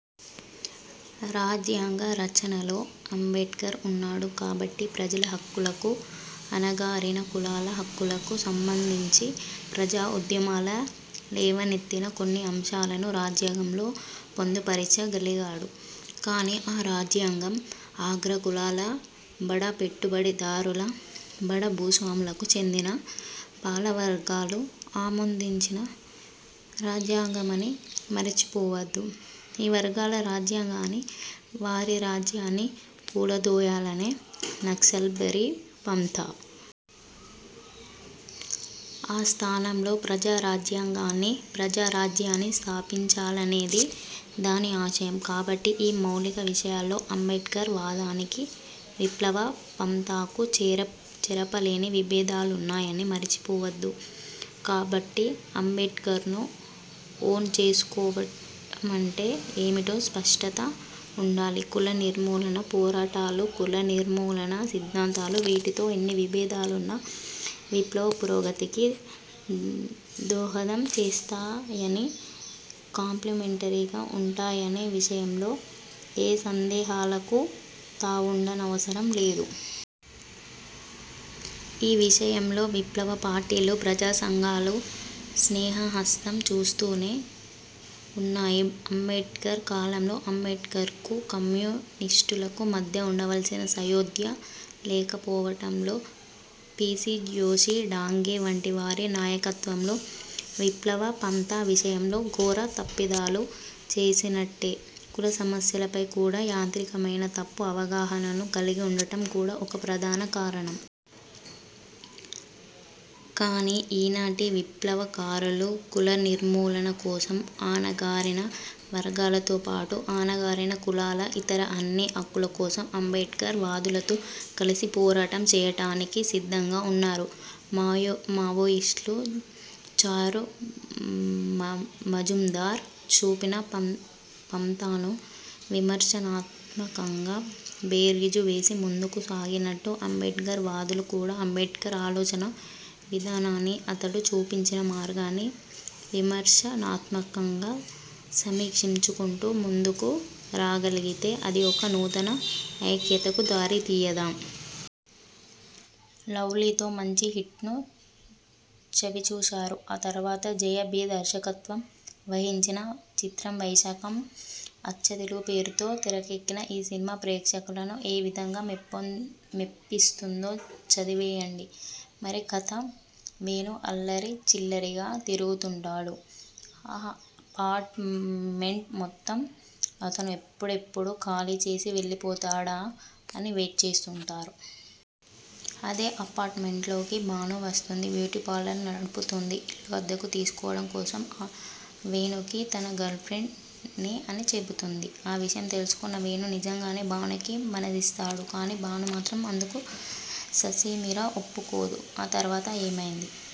రాజ్యాంగ రచనలో అంబేడ్కర్ ఉన్నాడు కాబట్టి ప్రజల హక్కులకూ, అణగారిన కులాల హక్కులకూ సంబంధించి ప్రజా ఉద్యమాలు లేవనెత్తిన కొన్ని అంశాలను రాజ్యాంగంలో పొందుపరచగలిగాడు కానీ ఆ రాజ్యాంగం అగ్ర కులాల, బడా పెట్టుబడిదారుల, బడా భూస్వాములకు చెందిన పాలకవర్గాలు ఆమోదించిన రాజ్యాంగమని మరిచిపోవద్దు. ఈ వర్గాల రాజ్యాంగాన్నీ, వారి రాజ్యాన్నీ కూలదోయాలనేది నక్సల్బరీ పంథా. ఆ స్థానంలో ప్రజా రాజ్యాంగాన్నీ, ప్రజా రాజ్యాన్నీ స్థాపించాలనేది దాని ఆశయం. కాబట్టి ఈ మౌలిక విషయాల్లో అంబేడ్కర్ వాదానికీ, విప్లవ పంథాకూ చెరపలేని విభేదాలున్నాయని మరిచిపోవద్దు. కాబట్టి అంబేడ్కర్ను ఓన్ చేసుకోవటమంటే ఏమిటో స్పష్టత ఉండాలి. ''కుల నిర్మూలనా పోరాటాలు, కుల నిర్మూలనా సిద్ధాంతాలు వీటితో ఎన్ని విభేదాలున్నా విప్లవ పురోగతికి దోహదం చేస్తాయనీ, కాంప్లిమెంటరీగా ఉంటాయనే'' విషయంలో ఏ సందేహాలకూ తావుండనవసరం లేదు. ఈ విషయంలో విప్లవ పార్టీలు, ప్రజా సంఘాలూ స్నేహ హస్తం చాస్తూనే ఉన్నాయి. అంబేడ్కర్ కాలంలో అంబేడ్కర్కూ కమ్యూనిస్టులకూ మధ్య ఉండవలసిన సయోధ్య లేకపోవటంలో పీసీ జ్యోషీ, డాంగే వంటి వారి నాయకత్వంలో విప్లవ పంథా విషయంలో ఘోర తప్పిదాలు చేసినట్టే, కుల సమస్యపై కూడా యాంత్రికమైన తప్పు అవగాహనను కలిగి ఉండటం కూడా ఒక ప్రధాన కారణం. కానీ ఈనాటి విప్లవకారులు కుల నిర్మూలన కోసం, అణగారిన వర్గాలతో పాటు, అణగారిన కులాల ఇతర అన్ని హక్కుల కోసం అంబేడ్కర్ వాదులతో కలిసి పోరాటం చేయటానికి సిద్ధంగా ఉన్నారు. మావోయిస్టులు చారుమజుందార్ చూపిన పంథాను విమర్శనాత్మకంగా బేరీజు వేసి ముందుకు సాగినట్టు అంబేడ్కర్ వాదులు కూడా అంబేడ్కర్ ఆలోచనా విధానాన్నీ, అతడు చూపించిన మార్గాన్నీ విమర్శనాత్మకంగా సమీక్షించుకుంటూ ముందుకు రాగలిగితే అది ఒక నూతన ఐక్యతకు దారితీయదా? లవ్లీ తో మంచి హిట్ను చవిచూశారు. ఆ తర్వాత జయ. బి. దర్శకత్వం వహించిన చిత్రం వైశాఖం. అచ్చ తెలుగు పేరుతో తెరకెక్కిన ఈ సినిమా ప్రేక్షకులను ఏ విధంగా మెప్పిస్తుందో చదివేయండి మరి కథ:వేణు అల్లరి చిల్లరిగా తిరుగుతుంటాడు. అపార్ట్ మెంట్ మొత్తం అతను ఎప్పుడెప్పుడు ఖాళీ చేసి వెళ్లిపోతాడా అని వెయిట్ చేస్తుంటారు. అదే అపార్ట్ మెంట్లోకి భాను వస్తుంది. బ్యూటీపార్లర్ నడుపుతుంది. ఇల్లు అద్దెకు తీసుకోవడం కోసం వేణుకి తను గర్ల్ ఫ్రెండ్ ని అని చెబుతుంది. ఆ విషయం తెలుసుకున్న వేణు నిజంగానే భానుకి మనసిస్తాడు. కానీ భాను మాత్రం అందుకు ససేమిరా ఒప్పుకోదు. ఆ తర్వాత ఏమైంది?